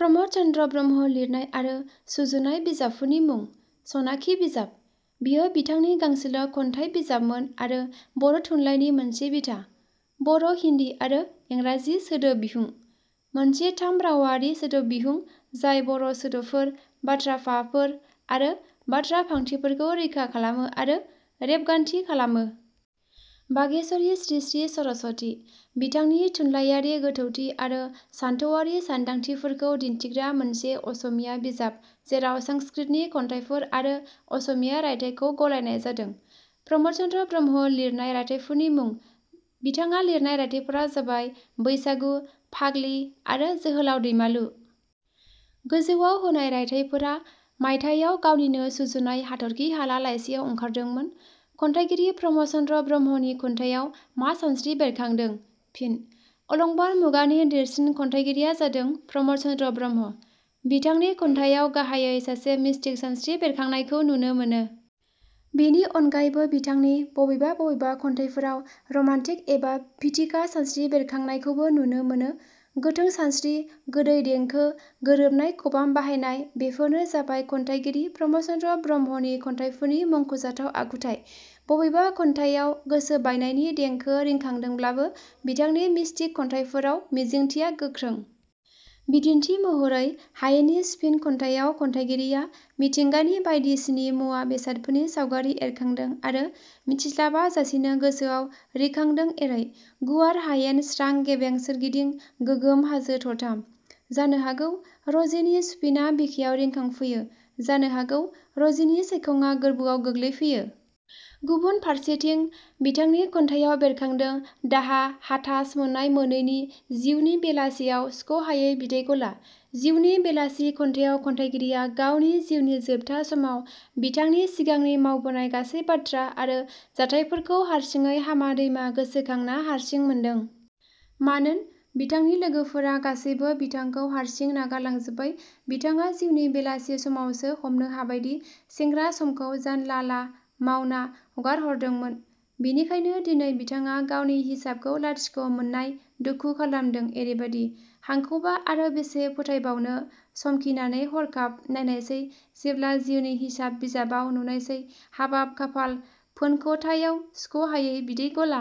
प्रम'द चन्द्र ब्रह्म लिरनाय आरो सुजुनाय बिजाबफोरनि मुं: सनाखि बिजाब – बेयो बिथांनि गांसेल' खन्थाइ बिजाबमोन आरो बर' थुनलायनि मोनसे बिथा। बर' हिन्दी आरो इंराजि सोदोबिहुं– मोनसे थाम रावारि सोदोबबिहुं जाय बर' सोदोबफोर, बाथ्रा भाफोर आरो बाथ्रा फांथेफोरखौ रैखा खालामो आरो रेबगान्थि खालामो। बागेश्वरी श्री श्री सरस्वती– बिथांनि थुनलायारि गोथौथि आरो सानथौआरि सानदांथिफोरखौ दिन्थिग्रा मोनसे असमिया बिजाब जेराव संस्कृतनि खन्थाइफोर आरो असमिया रायथाइखौ गलायनाय जादों। प्रम'द चन्द्र ब्रह्म लिरनाय रायथाइफोरनि मुं: बिथाङा लिरनाय रायथाइफोरा जाबाय- बैसागु, फाग्लि आरो जोहोलाव दैमालु। गोजौवाव होनाय राइथाइफोरा मायथायाव गावनिनो सुजुनाय हाथर्खि हाला लाइसियाव ओंखारदोंमोन।. खन्थाइगिरि प्रम'द चन्द्र ब्रह्मनि खन्थाइयाव मा सानस्रि बेरखांदों? फिन: अलंबार मुगानि देरसिन खन्थाइगिरिया जादों प्रम'द चन्द्र ब्रह्म। बिथांनि खन्थाइयाव गाहायै सासे मिसटिक सानस्रि बेरखांनायखौ नुनो मोनो। बेनि अनगायैबो बिथांनि बबेबा बबेबा खन्थाइफोराव रमान्टिक एबा फिथिखा सानस्रि बेरखांनायखौबो नुनो मोनो। गोथों सानस्रि, गोदै देंखो, गोरोबनाय खबाम बाहायनाय, बेफोरनो जाबाय खन्थाइगिरि प्रम'द चन्द्र ब्रह्मनि खन्थाइफोरनि मुंख'जाथाव आखुथाइ। बबेबा खन्थाइयाव गोसो बायनायनि देंखो रिखांदोब्लाबो, बिथांनि मिष्टिक खन्थाइफोराव मिजिंथिया गोख्रों। बिदिन्थि महरै- "हायेननि सुफिन "खन्थाइयाव खन्थाइगिरिया मिथिंगानि बायदिसिनि मुवा-बेसादफोरनि सावगारि एरखांदों आरो मिथिस्लाबा जासेनो गोसोआव रिखांदों एरै- "गुवार हायेन स्रां गेबें सोरगिदिं गोगोम हाजो थरथाम, जानो हागौ- रजिनि सुफिना बिखायाव रिखांफैयो जानो हागौ— रजिनि साइखङा गोर्बोआव गोग्लैफैयो। " गुबुन फारसेथिं, बिथांनि खन्थाइयाव बेरखांदों दाहा, हाथास मोन्नाय-मोनैनि "जिउनि बेलासेयाव सुख 'हायै बिदै ग'ला। " जिउनि बेलासे खन्थाइयाव खन्थाइगिरिया गावनि जिउनि जोबथा समाव बिथांनि सिगांनि मावबोनाय गासै बाथ्रा आरो जाथाइफोरखौ हारसिङै हामा दैमा गोसोखांना हारसिं मोनदों। मानोन बिथांनि लोगोफोरा गासैबो बिथांखौ हारसिं नागारलांजोबबाय। बिथाङा जिउनि बेलासे समावसो हमनो हाबायदि सेंग्रा समखौ जानला ला मावना हगारहरदोंमोन। बेनिखायनो दिनै बिथाङा गावनि हिसाबखौ लाथिख' मोननाय दुखु खालमदों एरैबादि – "हांखौबा आरो बेसे फोथायबावनो समखिनानै हरखाब नायनायसै जेब्ला जिउनि हिसाब बिजाबाव नुनायसै हाबाब खाफाल फोनख'थायाव सुख'हायै बिदै गला।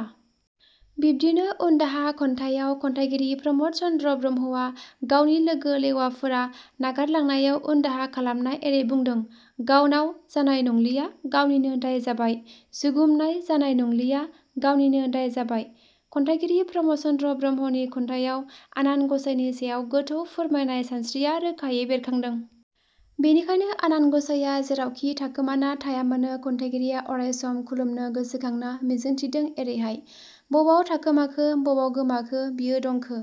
" बिब्दिनो "उनदाहा" खन्थाइयाव खन्थाइगिरि प्रम'द चन्द्र ब्रह्मआ गावनि लोगो-लेवाफोरा नागारलांनायाव उनदाहा खालामना एरै बुंदों- "गावनाव जानाय नंलिया, गावनिनो दाय जाबाय, जुगुमनाय जानाय नंलिया, गावनिनो दाय जाबाय। " खन्थाइगिरि प्रम'द चन्द्र ब्रह्मनि खन्थाइयाव आनान ग'साइनि सायाव गोथौ फोरमायनाय सानस्रिया रोखायै बेरखांदों। बेनिखायनो आनान ग'साइया जेरावखि थाखोमाना थाया मानो खन्थाइगिरिया अराय सम खुलुमनो गोसोखांना मिजिंथिदों एरैहाय- "बबाव थाखोमाखो बबाव गोमाखो बियो दंखो?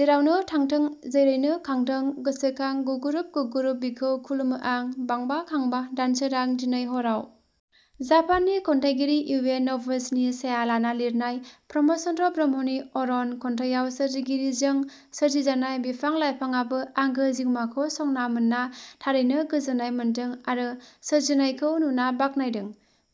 जेरावनो थांथों जैरैनो खांथों गोसोखां गुगुरुब गुगुरुब बिखौ खुलुमो आं बांबा खांबा दानसोरां दिनै हराव। " जापाननि खन्थाइगिरि इयेन न'वसिनि साया लाना लिरनाय प्रम'द चन्द्र ब्रह्मनि 'अरण' खन्थाइयाव सोरजिगिरिजों सोरजिजानाय बिफां लाइफाङाबो आंगो जिउमाखौ संना मोनना थारैनो गोजोन्नाय मोनदों आरो सोरजिनायखौ नुना बाखनायदों।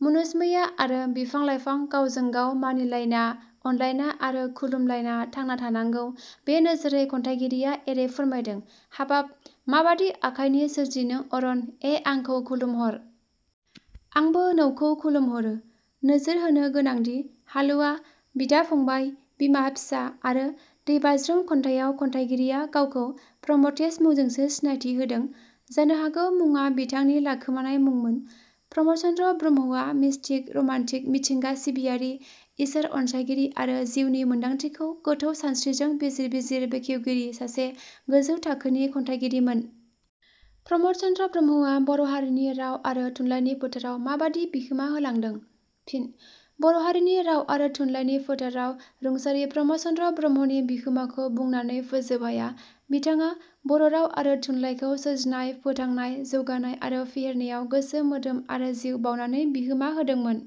मुनुसमैया आरो बिफां-लाइफां गावजों गाव मानिलायना, अनलायना आरो खुलुमलायना थांना थानांगौ बे नोजोरै खन्थाइगिरिया एरै फोरमायदों- "हाबाब माबादि आखाइनि सोरजि नों अरण ऐ आंखौ खुलुमहर! आंबो नौखौ खुलुमहरो………….। नोजोर होनो गोनांदि 'हालुवा', 'बिदा-फंबाय', 'बिमा-फिसा', आरो 'दै बाज्रुम' खन्थाइयाव खन्थाइगिरिया गावखौ 'प्रमथेश' मुंजोंसो सिनायथि होदों। जानो हागौ मुङा बिथांनि लाखोमानाय मुंमोन। प्रम'द चन्द्र ब्रह्मआ मिष्टिक, र'मान्टिक, मिथिंगा सिबियारि, इसोर अनसाइगिरि आरो जिउनि मोनदांथिखौ गोथौ सानस्रिजों बिजिर बिजिर बेखवगिरि सासे गोजौ थाखोनि खन्थाइगिरिमोन।. प्रम'द चन्द्र ब्रह्मआ बर' हारिनि राव आरो थुनलाइनि फोथाराव माबादि बिहोमा होलांदों? फिन: बर' हारिनि राव आरो थुनलाइनि फोथाराव रुंसारि प्रम'द चन्द्र ब्रह्मनि बिहोमाखौ बुंनानै फोजोब हाया। बिथाङा बर' राव आरो थुनलायखौ सोरजिनाय, फोथांनाय, जौगानाय आरो फेहेरनायाव गोसो मोदोम आरो जिउ बाउनानै बिहोमा होदोंमोन।